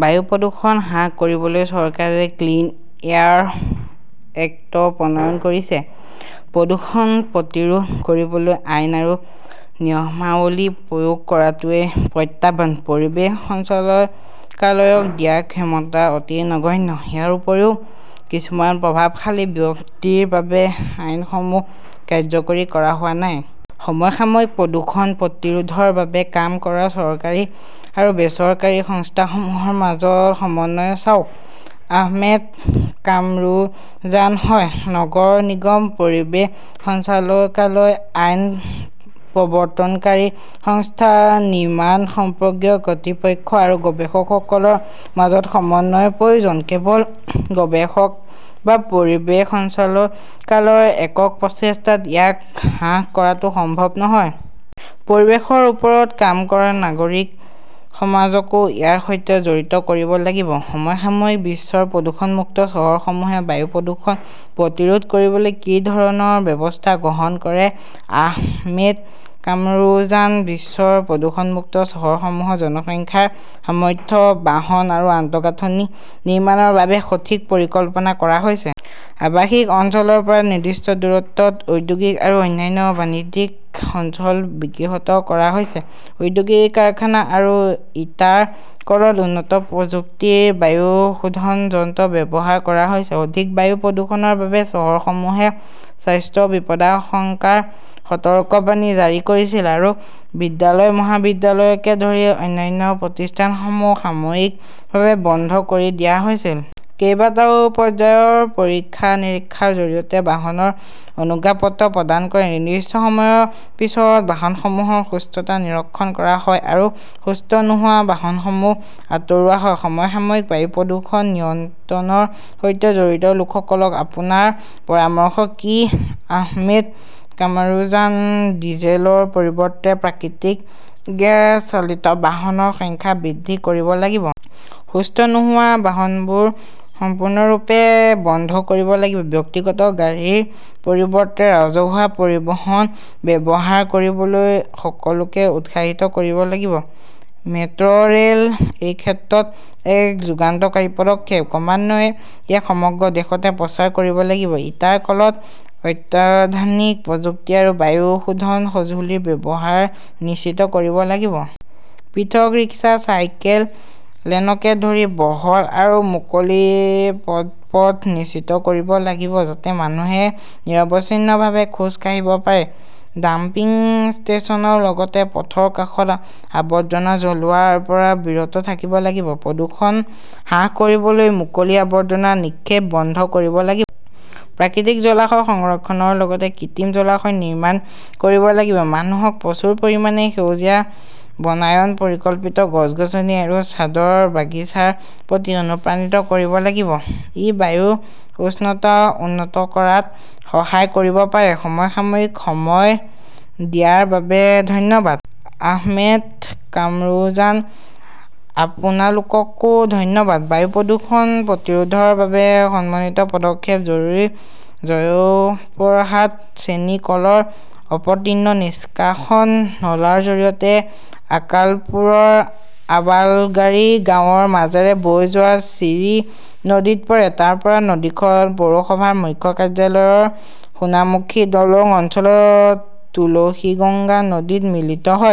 বায়ু প্ৰদূষণ হ্ৰাস কৰিবলৈ চৰকাৰে 'ক্লিন এয়াৰ এক্ট প্ৰণয়ন কৰিছে। প্ৰদূষণ প্ৰতিৰোধ কৰিবলৈ আইন আৰু নিয়মাৱলী প্ৰয়োগ কৰাটোৱেই প্ৰত্যাহ্বান। পৰিৱেশ সঞ্চালকালয়ক দিয়া ক্ষমতা অতি নগণ্য। ইয়াৰ উপৰিও কিছুমান প্ৰভাৱশালী ব্যক্তিৰ বাবে আইনসমূহ কাৰ্যকৰী কৰা হোৱা নাই। সমসাময়িকঃ প্ৰদূষণ প্ৰতিৰোধৰ বাবে কাম কৰা চৰকাৰী আৰু বেচৰকাৰী সংস্থাসমূহৰ মাজত সমন্বয় চাওক? আহমেদ কামৰুজানঃ হয়। নগৰ নিগম, পৰিৱেশ সঞ্চালকালয়, আইন প্ৰৱৰ্তনকাৰী সংস্থা, নিৰ্মাণ সম্পৰ্কীয় কৰ্তৃপক্ষ আৰু গৱেষকসকলৰ মাজত সমন্বয়ৰ প্ৰয়োজন। কেৱল গৱেষক বা পৰিৱেশ সঞ্চালকালয়ৰ একক প্ৰচেষ্টাত ইয়াক হ্ৰাস কৰাটো সম্ভৱ নহয়। পৰিৱেশৰ ওপৰত কাম কৰা নাগৰিক সমাজকো ইয়াৰ সৈতে জড়িত কৰিব লাগিব। সমসাময়িকঃ বিশ্বৰ প্ৰদূষণমুক্ত চহৰসমূহে বায়ু প্ৰদূষণ প্ৰতিৰোধ কৰিবলৈ কি ধৰণৰ ব্যৱস্থা গ্ৰহণ কৰে আহমেদ কামৰুজানঃ বিশ্বৰ প্ৰদূষণমুক্ত চহৰসমূহত জনসংখ্যাৰ সামৰ্থ্য, বাহন আৰু আন্তঃগাঁথনি নিৰ্মাণৰ বাবে সঠিক পৰিকল্পনা কৰা হৈছে। আৱাসিক অঞ্চলৰ পৰা নিৰ্দিষ্ট দূৰত্বত ঔদ্যোগিক আৰু অন্যান্য বাণিজ্যিক অঞ্চল বিকশিত কৰা হৈছে। ঔদ্যোগিক কাৰখানা আৰু ইটাৰ কলত উন্নত প্ৰযুক্তিৰ বায়ু শোধন যন্ত্ৰ ব্যৱহাৰ কৰা হৈছে। অধিক বায়ু প্ৰদূষণৰ বাবে চহৰসমূহে স্বাস্থ্য বিপদাশংকাৰ সতৰ্কবাণী জাৰি কৰিছিল আৰু বিদ্যালয়-মহাবিদ্যালয়কে ধৰি অন্যান্য প্ৰতিষ্ঠানসমূহ সাময়িকভাৱে বন্ধ কৰি দিয়া হৈছিল। কেইবাটাও পৰ্যায়ৰ পৰীক্ষা-নিৰীক্ষাৰ জৰিয়তে বাহনৰ অনুজ্ঞাপত্ৰ প্ৰদান কৰে। নিৰ্দিষ্ট সময়ৰ পিছত বাহনসমূহৰ সুস্থতা নিৰীক্ষণ কৰা হয় আৰু সুস্থ নোহোৱা বাহনসমূহ আঁতৰোৱা হয়। সমসাময়িকঃ বায়ু প্ৰদূষণ নিয়ন্ত্ৰণৰ সৈতে জড়িত লোকসকলক আপোনাৰ পৰামৰ্শ কি আহমেদ কামৰুজানঃ ডিজেলৰ পৰিৱৰ্তে প্ৰাকৃতিক গেছ চালিত বাহনৰ সংখ্যা বৃদ্ধি কৰিব লাগিব। সুস্থ নোহোৱা বাহনবোৰ সম্পূৰ্ণৰূপে বন্ধ কৰিব লাগিব। ব্যক্তিগত গাড়ীৰ পৰিৱৰ্তে ৰাজহুৱা পৰিবহণ ব্যৱহাৰ কৰিবলৈ সকলোকে উৎসাহিত কৰিব লাগিব। মেট্ৰ ৰেল এই ক্ষেত্ৰত এক যুগান্তকাৰী পদক্ষেপ। ক্ৰমান্বয়ে ইয়াক সমগ্ৰ দেশতে প্ৰচাৰ কৰিব লাগিব। ইটাৰ কলত অত্যাধুনিক প্ৰযুক্তি আৰু বায়ু শোধন সঁজুলিৰ ব্যৱহাৰ নিশ্চিত কৰিব লাগিব। পৃথক ৰিক্সা, চাইকেল লেনকে ধৰি বহল আৰু মুকলি পদপথ নিশ্চিত কৰিব লাগিব যাতে মানুহে নিৰবিচ্ছিন্নভাৱে খোজ কাঢ়িব পাৰে। ডাম্পিং ষ্টেচনৰ লগতে পথৰ কাষত আৱৰ্জনা জ্বলোৱাৰ পৰা বিৰত থাকিব লাগিব। প্ৰদূষণ হ্ৰাস কৰিবলৈ মুকলি আৱৰ্জনা নিক্ষেপ বন্ধ কৰিব লাগিব। প্ৰাকৃতিক জলাশয় সংৰক্ষণৰ লগতে কৃত্ৰিম জলাশয় নিৰ্মাণ কৰিব লাগিব। মানুহক প্ৰচুৰ পৰিমাণে সেউজীয়া বনায়ন, পৰিকল্পিত গছ-গছনি আৰু ছাদৰ বাগিচাৰ প্ৰতি অনুপ্ৰাণিত কৰিব লাগিব। ই বায়ুৰ উষ্ণতা উন্নত কৰাত সহায় কৰিব পাৰে। সমসাময়িকঃ সময় দিয়াৰ বাবে ধন্যবাদ। আহমেদ কামৰুজানঃ আপোনালোককো ধন্যবাদ। বায়ু প্ৰদূষণ প্ৰতিৰোধৰ বাবে সমন্বিত পদক্ষেপ জৰুৰী জয়পুৰহাট চেনি কলৰ অপতৃণ নিষ্কাশন নলাৰ জৰিয়তে আক্কালপুৰৰ আৱালগাড়ী গাঁৱৰ মাজেৰে বৈ যোৱা চিৰি নদীত পৰে। তাৰ পৰা নদীখন পৌৰসভাৰ মুখ্য কাৰ্যালয়ৰ সোনামুখী দলং অঞ্চলত তুলসীগঙ্গা নদীত মিলিত হয়।